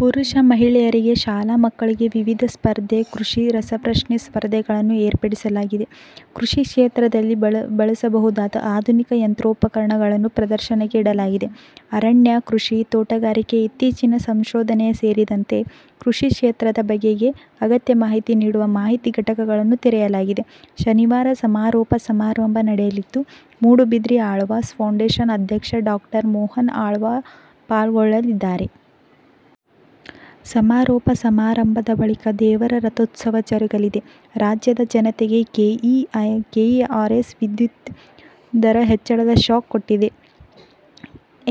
ಪುರುಷ, ಮಹಿಳೆಯರಿಗೆ, ಶಾಲಾ ಮಕ್ಕಳಿಗೆ ವಿವಿಧ ಸ್ಪರ್ಧೆ, ಕೃಷಿ ರಸಪ್ರಶ್ನೆ ಸ್ಪರ್ಧೆಗಳನ್ನು ಏರ್ಪಡಿಸಲಾಗಿದೆ. ಕೃಷಿ ಕ್ಷೇತ್ರದಲ್ಲಿ ಬಳಸಬಹುದಾದ ಆಧುನಿಕ ಯಂತ್ರೋಪಕರಣಗಳನ್ನು ಪ್ರದರ್ಶನಕ್ಕೆ ಇಡಲಾಗಿದೆ. ಅರಣ್ಯ, ಕೃಷಿ, ತೋಟಗಾರಿಕೆ, ಇತ್ತೀಚಿನ ಸಂಶೋಧನೆ ಸೇರಿದಂತೆ ಕೃಷಿ ಕ್ಷೇತ್ರದ ಬಗೆಗೆ ಅಗತ್ಯ ಮಾಹಿತಿ ನೀಡುವ ಮಾಹಿತಿ ಘಟಕಗಳನ್ನು ತೆರೆಯಲಾಗಿದೆ. ಶನಿವಾರ ಸಮಾರೋಪ ಸಮಾರಂಭ ನಡೆಯಲಿದ್ದು, ಮೂಡಬಿದ್ರೆ ಆಳ್ವಾಸ್ ಫೌಂಡೇಶನ್ ಅಧ್ಯಕ್ಷ ಡಾ ಮೋಹನ ಆಳ್ವಾ ಪಾಲ್ಗೊಳ್ಳಲಿದ್ದಾರೆ. ಸಮಾರೋಪ ಸಮಾರಂಭದ ಬಳಿಕ ದೇವರ ರಥೋತ್ಸವ ಜರುಗಲಿದೆ. ರಾಜ್ಯದ ಜನತೆಗೆ ಕೆ ಇ ಆರ್ ಸಿ ವಿದ್ಯುತ್ ದರ ಹೆಚ್ಚಳದ ಶಾಕ್ ಕೊಟ್ಟಿದೆ.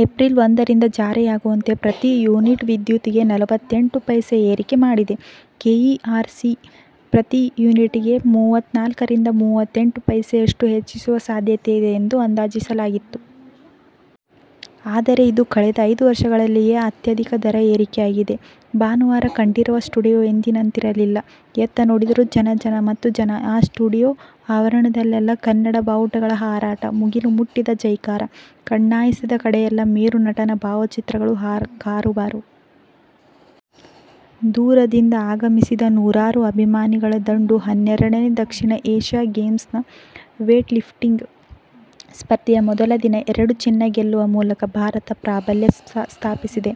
ಏಪ್ರಿಲ್ ಒಂದರಿಂದ ಜಾರಿಯಾಗುವಂತೆ ಪ್ರತಿ ಯೂನಿಟ್ ವಿದ್ಯುತ್ ಗೆ ನಲವತ್ತೆಂಟು ಪೈಸೆ ಏರಿಕೆ ಮಾಡಿದೆ. ಕೆ ಇ ಆರ್ ಸಿ ಪ್ರತಿ ಯೂನಿಟ್ ಗೆ ಮೂವತ್ನಾಲ್ಕರಿಂದ ಮೂವತ್ತೆಂಟು ಪೈಸೆಯಷ್ಟು ಹೆಚ್ಚಿಸುವ ಸಾಧ್ಯತೆ ಇದೆ ಎಂದು ಅಂದಾಜಿಸಲಾಗಿತ್ತು. ಆದರೆ ಇದು ಕಳೆದ ಐದು ವರ್ಷಗಳಲ್ಲಿಯೇ ಅತ್ಯಧಿಕ ದರ ಏರಿಕೆಯಾಗಿದೆ. ಭಾನುವಾರ ಕಂಠೀರವ ಸ್ಟುಡಿಯೋ ಎಂದಿನಂತಿರಲಿಲ್ಲ. ಎತ್ತ ನೋಡಿದರೂ ಜನ ಜನ ಮತ್ತು ಜನ. ಆ ಸ್ಟುಡಿಯೋ ಆವರಣದಲ್ಲೆಲ್ಲಾ ಕನ್ನಡ ಬಾವುಟಗಳ ಹಾರಾಟ, ಮುಗಿಲು ಮುಟ್ಟಿದ ಜೈಕಾರ, ಕಣ್ಣಾಯಿಸಿದ ಕಡೆಯೆಲ್ಲಾ ಮೇರು ನಟನ ಭಾವಚಿತ್ರಗಳ ಕಾರುಬಾರು. ದೂರದಿಂದ ಆಗಮಿಸಿದ್ದ ನೂರಾರು ಅಭಿಮಾನಿಗಳ ದಂಡು. ಹನ್ನೆರಡನೇ ದಕ್ಷಿಣ ಏಶ್ಯನ್ ಗೇಮ್ಸ್ ನ ವೇಟ್ಲಿಫ್ಟಿಂಗ್ ಸ್ಪರ್ಧೆಯ ಮೊದಲ ದಿನ ಎರಡು ಚಿನ್ನ ಗೆಲ್ಲುವ ಮೂಲಕ ಭಾರತ ಪ್ರಾಬಲ್ಯ ಸ್ಥಾಪಿಸಿದೆ.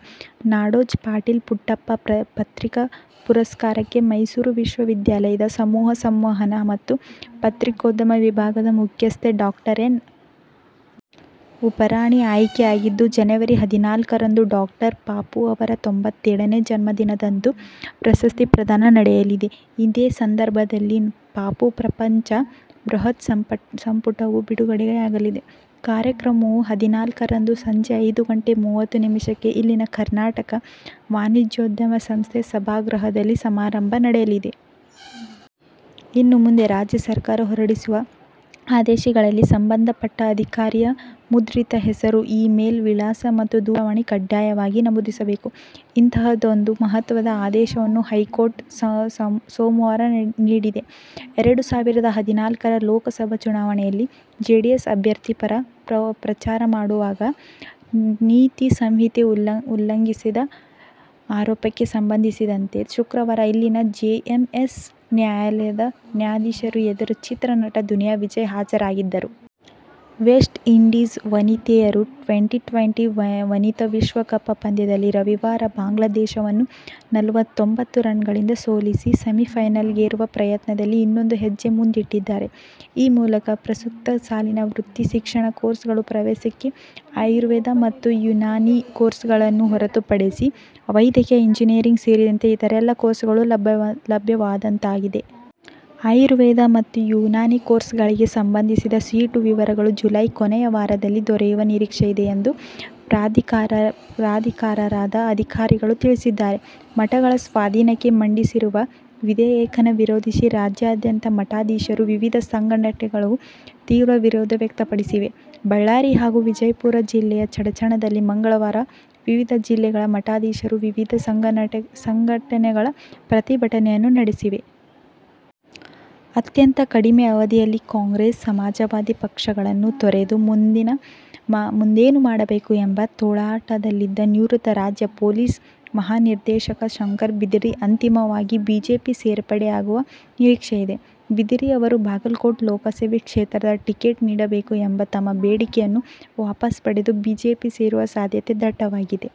ನಾಡೋಜ ಪಾಟೀಲ ಪುಟ್ಟಪ್ಪ ಪತ್ರಿಕಾ ಪುರಸ್ಕಾರಕ್ಕೆ ಮೈಸೂರು ವಿಶ್ವವಿದ್ಯಾಲಯದ ಸಮೂಹ ಸಂವಹನ ಮತ್ತು ಪತ್ರಿಕೋದ್ಯಮ ವಿಭಾಗದ ಮುಖ್ಯಸ್ಥೆ ಡಾ ಎನ್. ಉಷಾರಾಣಿ ಆಯ್ಕೆಯಾಗಿದ್ದು, ಜನವರಿ ಹದಿನಾಲ್ಕರಂದು ಡಾಕ್ಟರ್ ಪಾಪು ಅವರ ತೊಂಬತ್ತೇಳನೇ ಜನ್ಮದಿನದಂದು ಪ್ರಶಸ್ತಿ ಪ್ರದಾನ ನಡೆಯಲಿದೆ. ಇದೇ ಸಂದರ್ಭದಲ್ಲಿ ಪಾಪು ಪ್ರಪಂಚ' ಬೃಹತ್ ಸಂಪುಟವೂ ಬಿಡುಗಡೆಯಾಗಲಿದೆ. ಕಾರ್ಯಕ್ರಮವು ಹದಿನಾಲ್ಕರಂದು ಸಂಜೆ ಐದು ಗಂಟೆ ಮೂವತ್ತು ನಿಮಿಷಕ್ಕೆ ಇಲ್ಲಿನ ಕರ್ನಾಟಕ ವಾಣಿಜ್ಯೋದ್ಯಮ ಸಂಸ್ಥೆ ಸಭಾಗೃಹದಲ್ಲಿ ಸಮಾರಂಭ ನಡೆಯಲಿದೆ. "ಇನ್ನು ಮುಂದೆ ರಾಜ್ಯ ಸರ್ಕಾರ ಹೊರಡಿಸುವ ಆದೇಶಗಳಲ್ಲಿ ಸಂಬಂಧಪಟ್ಟ ಅಧಿಕಾರಿಯ ಮುದ್ರಿತ ಹೆಸರು, ಇ-ಮೇಲ್ ವಿಳಾಸ ಮತ್ತು ದೂರವಾಣಿ ಕಡ್ಡಾಯವಾಗಿ ನಮೂದಿಸಬೇಕು" ಇಂತಹದೊಂದು ಮಹತ್ವದ ಆದೇಶವನ್ನು ಹೈಕೋರ್ಟ್ ಸೋಮವಾರ ನೀಡಿದೆ. ಎರಡು ಸಾವಿರದ ಹದಿನಾಲ್ಕರ ಲೋಕಸಭಾ ಚುನಾವಣೆಯಲ್ಲಿ ಜೆಡಿಎಸ್ ಅಭ್ಯರ್ಥಿ ಪರ ಪ್ರಚಾರ ಮಾಡುವಾಗ ನೀತಿ ಸಂಹಿತೆ ಉಲ್ಲಂ ಸಿದ ಆರೋಪಕ್ಕೆ ಸಂಬಂಧಿಸಿದಂತೆ ಶುಕ್ರವಾರ ಇಲ್ಲಿನ ಜೆಎಂಎಫ್ಸಿ ನ್ಯಾಯಾಲಯದ ನ್ಯಾಯಾಧೀಶರ ಎದುರು ಚಿತ್ರ ನಟ ದುನಿಯಾ ವಿಜಯ್ ಹಾಜರಾಗಿದ್ದರು. ವೆಸ್ಟ್ಇಂಡೀಸ್ ವನಿತೆಯರು ಟ್ವೆಂಟಿ-ಟ್ವೆಂಟಿ ವನಿತಾ ವಿಶ್ವಕಪ್ ಪಂದ್ಯದಲ್ಲಿ ರವಿವಾರ ಬಾಂಗ್ಲಾದೇಶವನ್ನು ನಲವತ್ತೊಂಬತ್ತು ರನ್ನುಗಳಿಂದ ಸೋಲಿಸಿ ಸೆಮಿಫೈನಲ್ಲಿಗೇರುವ ಪ್ರಯತ್ನದಲ್ಲಿ ಇನ್ನೊಂದು ಹೆಜ್ಜೆ ಮುಂದೆ ಇಟ್ಟಿದ್ದಾರೆ. ಈ ಮೂಲಕ ಪ್ರಸಕ್ತ ಸಾಲಿನ ವೃತ್ತಿ ಶಿಕ್ಷಣ ಕೋರ್ಸುಗಳ ಪ್ರವೇಶಕ್ಕೆ ಆಯುರ್ವೇದ ಮತ್ತು ಯುನಾನಿ ಕೋರ್ಸುಗಳನ್ನು ಹೊರತುಪಡಿಸಿ ವೈದ್ಯಕೀಯ, ಇಂಜಿನಿಯರಿಂಗ್ ಸೇರಿದಂತೆ ಇತರೆಲ್ಲಾ ಕೋರ್ಸುಗಳು ಲಭ್ಯವಾದಂತಾಗಿದೆ. ಆಯುರ್ವೇದ ಮತ್ತು ಯುನಾನಿ ಕೋರ್ಸುಗಳಿಗೆ ಸಂಬಂಧಿಸಿದ ಸೀಟು ವಿವರಗಳು ಜುಲೈ ಕೊನೆಯ ವಾರದಲ್ಲಿ ದೊರೆಯುವ ನಿರೀಕ್ಷೆ ಇದೆ ಎಂದು ಪ್ರಾಧಿಕಾರದ ಅಧಿಕಾರಿಗಳು ತಿಳಿಸಿದ್ದಾರೆ. ಮಠಗಳ ಸ್ವಾಧೀನಕ್ಕೆ ಮಂಡಿಸಿರುವ ವಿಧೇಯಕವನ್ನು ವಿರೋಧಿಸಿ ರಾಜ್ಯಾದ್ಯಂತ ಮಠಾ ಧೀಶರು, ವಿವಿಧ ಸಂಘಟನೆಗಳು ತೀವ್ರ ವಿರೋಧ ವ್ಯಕ್ತಪಡಿಸಿವೆ. ಬಳ್ಳಾರಿ ಹಾಗೂ ವಿಜಯಪುರ ಜಿಲ್ಲೆಯ ಚಡಚಣದಲ್ಲಿ ಮಂಗಳವಾರ ವಿವಿಧ ಜಿಲ್ಲೆಗಳ ಮಠಾಧೀಶರು, ವಿವಿಧ ಸಂಘಟನೆಗಳು ಪ್ರತಿಭಟನೆಯನ್ನು ನಡೆಸಿವೆ. ಅತ್ಯಂತ ಕಡಮೆ ಅವಧಿಯಲ್ಲಿ ಕಾಂಗ್ರೆಸ್, ಸಮಾಜವಾದಿ ಪಕ್ಷಗಳನ್ನು ತೊರೆದು ಮುಂದೇನು ಮಾಡಬೇಕು ಎಂಬ ತೊಳಲಾಟದಲ್ಲಿದ್ದ ನಿವೃತ್ತ ರಾಜ್ಯ ಪೊಲೀಸ್ ಮಹಾನಿರ್ದೇಶಕ ಶಂಕರ್ ಬಿದರಿ ಅಂತಿಮವಾಗಿ ಬಿಜೆಪಿ ಸೇರ್ಪಡೆಯಾಗುವ ನಿರೀಕ್ಷೆಯಿದೆ. ಬಿದರಿ ಅವರು ಬಾಗಲಕೋಟೆ ಲೋಕಸಭಾ ಕ್ಷೇತ್ರದ ಟಿಕೆಟ್ ನೀಡಬೇಕು ಎಂಬ ತಮ್ಮ ಬೇಡಿಕೆಯನ್ನು ವಾಪಸ್ ಪಡೆದು ಬಿಜೆಪಿ ಸೇರುವ ಸಾಧ್ಯತೆ ದಟ್ಟವಾಗಿದೆ.